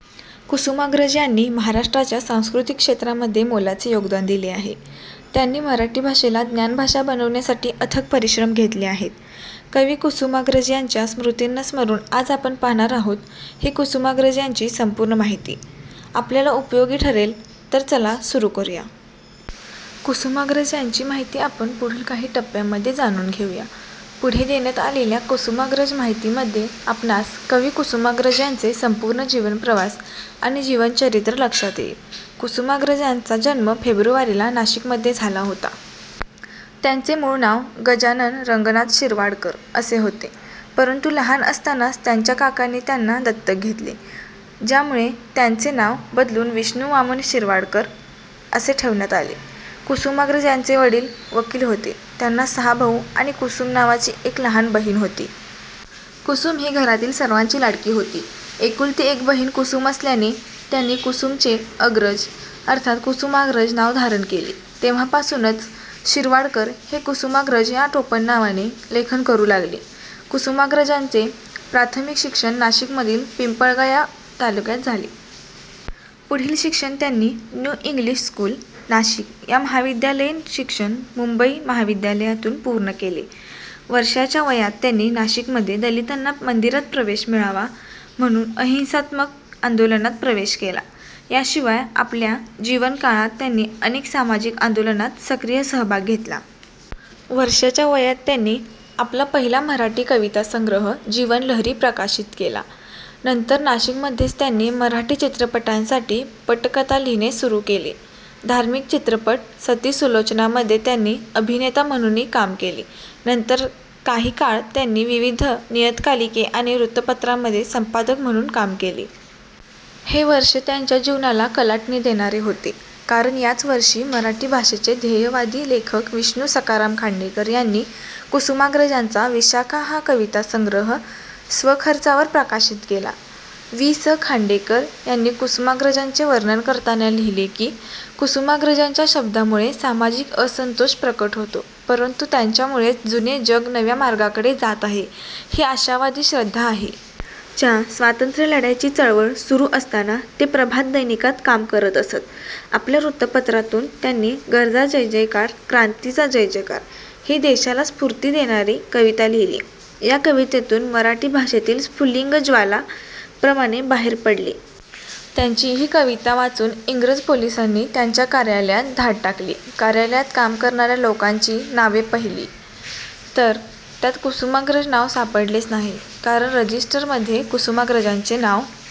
कुसुमाग्रज यांनी महाराष्ट्राच्या सांस्कृतिक क्षेत्रामध्ये मोलाचे योगदान दिले आहे. त्यांनी मराठी भाषेला ज्ञानभाषा बनवण्यासाठी अथक परिश्रम घेतले आहेत. कवी कुसुमाग्रज यांच्या स्मृतींना स्मरून आज आपण पाहणार आहोत ही कुसुमाग्रज यांची संपूर्ण माहिती आपल्याला खूप उपयोगी ठरेल तर चला सुरू करूया... कुसुमाग्रज यांची माहिती आपण पुढील काही टप्यामध्ये जाणून घेऊया. पुढे देण्यात आलेल्या कुसुमाग्रज माहिती मध्ये आपणास कवि कुसुमाग्रज यांचे संपूर्ण जीवनप्रवास आणि जीवन चरित्र लक्षात येईल. कुसुमाग्रज यांचा जन्म फेब्रुवारी ला नाशिक मध्ये झाला होता. त्यांचे मूळ नाव गजानन रंगनाथ शिरवाडकर असे होते. परंतु लहान असतांनाच त्यांच्या काकांनी त्यांना दत्तक घेतले ज्यामुळे त्यांचे नाव बदलून विष्णु वामन शिरवाडकर असे ठेवण्यात आले. कुसुमाग्रज यांचे वडील वकील होते. त्यांना सहा भाऊ आणि कुसुम नावाची एक लहान बहीण होती. कुसुम ही घरातील सर्वांची लाडकी होती. एकुलती एक बहिण कुसुम असल्याने त्यांनी कुसुम चे अग्रज अर्थात कुसुमाग्रज नाव धारण केले. तेव्हापासूनच शिरवाडकर हे कुसुमाग्रज या टोपणनावाने लेखन करू लागले. कुसुमाग्रजांचे प्राथमिक शिक्षण नाशिक मधील पिंपळगाव या तालुक्यात झाले. पुढील शिक्षण त्यांनी न्यू इंग्लिश स्कूल नाशिक आणि महाविद्यालयीन शिक्षण मुंबई महाविद्यालयातून पूर्ण केले. वर्षाच्या वयात त्यांनी नाशिकमध्ये दलितांना मंदिरात प्रवेश मिळावा म्हणून अहिंसात्मक आंदोलनात प्रवेश केला. या शिवाय आपल्या जीवन काळात त्यांनी अनेक सामाजिक आंदोलनात सक्रिय सहभाग घेतला. वर्षाच्या वयात त्यांनी आपला पहिला मराठी कवितासंग्रह 'जीवनलहरी' प्रकाशित केला. नंतर नाशिक मध्येच त्यांनी मराठी चित्रपटांसाठी पटकथा लिहिणे सुरू केले. धार्मिक चित्रपट सती सुलोचना मध्ये त्यांनी अभिनेता म्हणूनही काम केले. नंतर काही काळ त्यांनी विविध नियतकालिके आणि वृत्तपत्रांमध्ये संपादक म्हणून काम केले. हे वर्ष त्यांच्या जीवनाला कलाटणी देणारे होते. कारण याच वर्षी मराठी भाषेचे ध्येयवादी लेखक विष्णू सखाराम खांडेकर यांनी कुसुमाग्रजांचा 'विशाखा' हा कविता संग्रह स्वखर्चावर प्रकाशित केला. वि. स. खांडेकर यांनी कुसुमाग्रजांचे वर्णन करताना लिहिले की, "कुसुमाग्रजांच्या शब्दांमुळे सामाजिक असंतोष प्रकट होतो, परंतु त्यांच्यामुळेच जुने जग नव्या मार्गाकडे जात आहे ही आशावादी श्रद्धा आहे". च्या स्वातंत्र्य लढ्याची चळवळ सुरू असताना ते प्रभात दैनिकात काम करत असत. आपल्या वृत्तपत्रातून त्यांनी 'गर्जा जयजयकार क्रांतीचा जयजयकार.. ' ही देशाला स्फूर्ती देणारी कविता लिहिली. या कवितेतून मराठी भाषेतील स्फुल्लिंग ज्वाला प्रमाणे बाहेर पडले. त्यांची ही कविता वाचून इंग्रज पोलिसांनी त्यांच्या कार्यालयात धाड टाकली. कार्यालयात काम करणाऱ्या लोकांची नावे पहिली तर त्यात कुसुमाग्रज नाव सापडलेच नाही. कारण रजिस्टर मध्ये कुसुमाग्रजांचे नाव